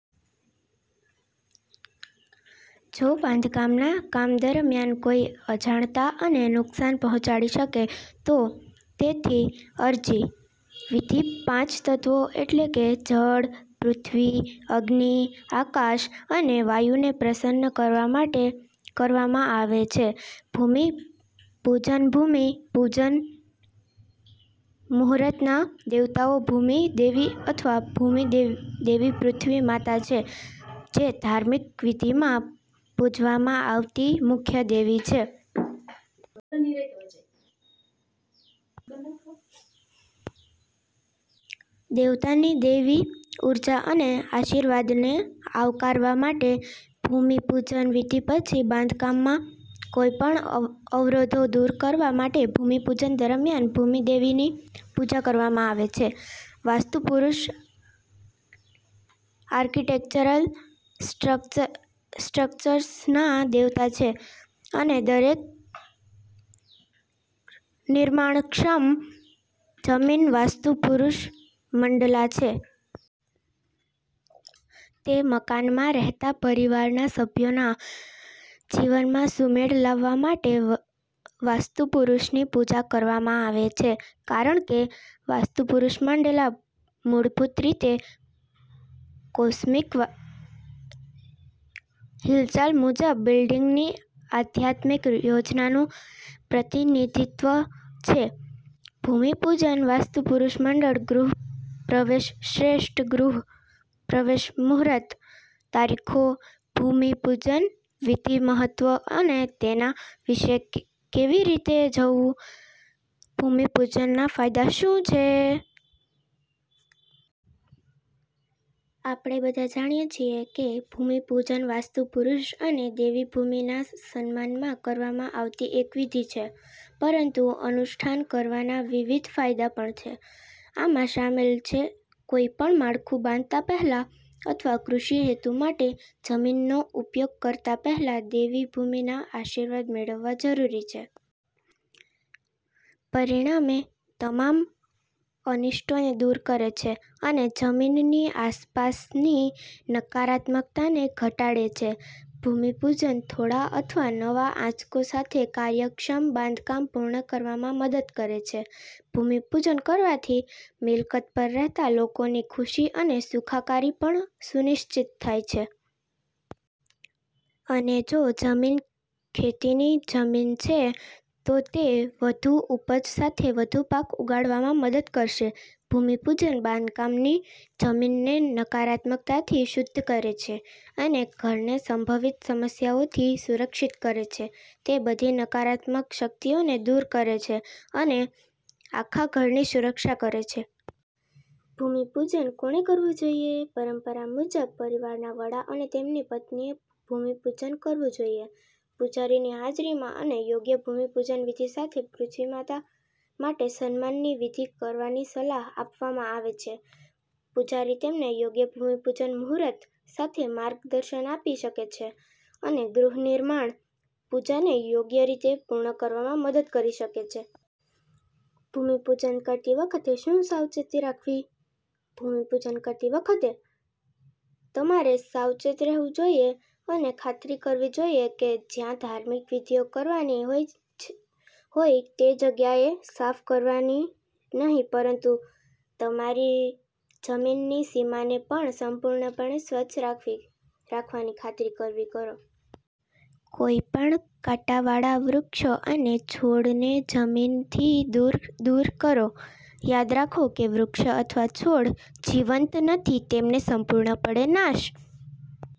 જો બાંધકામના કામ દરમિયાન કોઈ અજાણતા તેમને નુકસાન પહોંચાડી શકે તો, તેથી, અરજી. વિધિ પાંચ તત્વો એટલે કે જળ, પૃથ્વી, અગ્નિ, આકાશ અને વાયુને પ્રસન્ન કરવા માટે કરવામાં આવે છે. ભૂમિ પૂજનભૂમિ પૂજન મુહૂર્તના દેવતાઓ ભૂમિ દેવી અથવા ભૂમિ દેવીપૃથ્વી માતા છે જેધાર્મિક વિધિમાં પૂજવામાં આવતી મુખ્ય દેવી છે. દેવતાની દૈવી ઉર્જા અને આશીર્વાદને આવકારવા માટે, ભૂમિ પૂજન વિધિ પછી બાંધકામમાં કોઈપણ અવરોધો દૂર કરવા માટે ભૂમિ પૂજન દરમિયાન ભૂમિ દેવીની પૂજા કરવામાં આવે છે. વાસ્તુ પુરૂષઆર્કિટેક્ચરલ સ્ટ્રક્ચર્સના દેવતા છે, અને દરેક નિર્માણક્ષમ જમીન 'વાસ્તુ પુરુષ મંડલા' છે. તે મકાનમાં રહેતા પરિવારના સભ્યોના જીવનમાં સુમેળ લાવવા માટે વાસ્તુ પુરૂષની પૂજા કરવામાં આવે છે, કારણ કે વાસ્તુ પુરૂષ મંડલા મૂળભૂત રીતે કોસ્મિક હિલચાલ મુજબ બિલ્ડિંગની આધ્યાત્મિક યોજનાનું પ્રતિનિધિત્વ છે. ભૂમિ પૂજન વાસ્તુ પુરુષ મંડળ ગૃહ પ્રવેશશ્રેષ્ઠ ગૃહ પ્રવેશ મુહૂર્ત તારીખો, ભૂમિ પૂજન વિધિમહત્વ અને તેના વિશે કેવી રીતે જવું, ભૂમિપૂજનના ફાયદા શું છે? આપણે બધા જાણીએ છીએ કે ભૂમિપૂજનવાસ્તુ પુરૂષ અને દેવી ભૂમિ ના સન્માનમાં કરવામાં આવતી એક વિધિ છે. પરંતુઅનુષ્ઠાન કરવાના વિવિધ ફાયદા પણ છે. આમાં શામેલ છેકોઈપણ માળખું બાંધતા પહેલા અથવા કૃષિ હેતુ માટે જમીનનો ઉપયોગ કરતા પહેલા, દેવી ભૂમિના આશીર્વાદ મેળવવા જરૂરી છે. પરિણામે, તમામ અનિષ્ટોને દૂર કરે છે અને જમીનની આસપાસની નકારાત્મકતાને ઘટાડે છે. ભૂમિપૂજન થોડા અથવા નવા આંચકો સાથે કાર્યક્ષમ બાંધકામ પૂર્ણ કરવામાં મદદ કરે છે. ભૂમિપૂજન કરવાથી મિલકત પર રહેતા લોકોની ખુશી અને સુખાકારી પણ સુનિશ્ચિત થાય છે. અને જો જમીન ખેતીની જમીન છે, તો તે વધુ ઉપજ સાથે વધુ પાક ઉગાડવામાં મદદ કરશે. ભૂમિપૂજન બાંધકામની જમીનને નકારાત્મકતાથી શુદ્ધ કરે છે અને ઘરને સંભવિત સમસ્યાઓથી સુરક્ષિત કરે છે. તે બધી નકારાત્મક શક્તિઓને દૂર કરે છે અને આખા ઘરની સુરક્ષા કરે છે. ભૂમિપૂજન કોણે કરવું જોઈએ? પરંપરા મુજબ, પરિવારના વડા અને તેમની પત્નીએ ભૂમિપૂજન કરવું જોઈએ. પૂજારીની હાજરીમાં અને યોગ્ય ભૂમિપૂજન વિધિ સાથે પૃથ્વી માતા માટેસન્માનની વિધિ કરવાની સલાહ આપવામાં આવે છે. પૂજારી તમને યોગ્ય ભૂમિ પૂજન મુહૂર્ત સાથે માર્ગદર્શન આપી શકે છે અને ગૃહ નિર્માણ પૂજાને યોગ્ય રીતે પૂર્ણ કરવામાં મદદ કરી શકે છે. ભૂમિપૂજન કરતી વખતે શું સાવચેતી રાખવી? ભૂમિપૂજન કરતી વખતે, તમારે સાવચેત રહેવું જોઈએ અને ખાતરી કરવી જોઈએ કે જ્યાં ધાર્મિક વિધિઓ કરવાની હોય તે જગ્યાને સાફ કરવાનીનહીં પરંતુ તમારી જમીનની સીમાને પણ સંપૂર્ણપણે સ્વચ્છ રાખવાની ખાતરી કરો. કોઈપણ કાંટાવાળા વૃક્ષો અને છોડને જમીનથી દૂર દૂર કરો. યાદ રાખો કે વૃક્ષો અથવા છોડ જીવંત નથીતેમને સંપૂર્ણપણે નાશ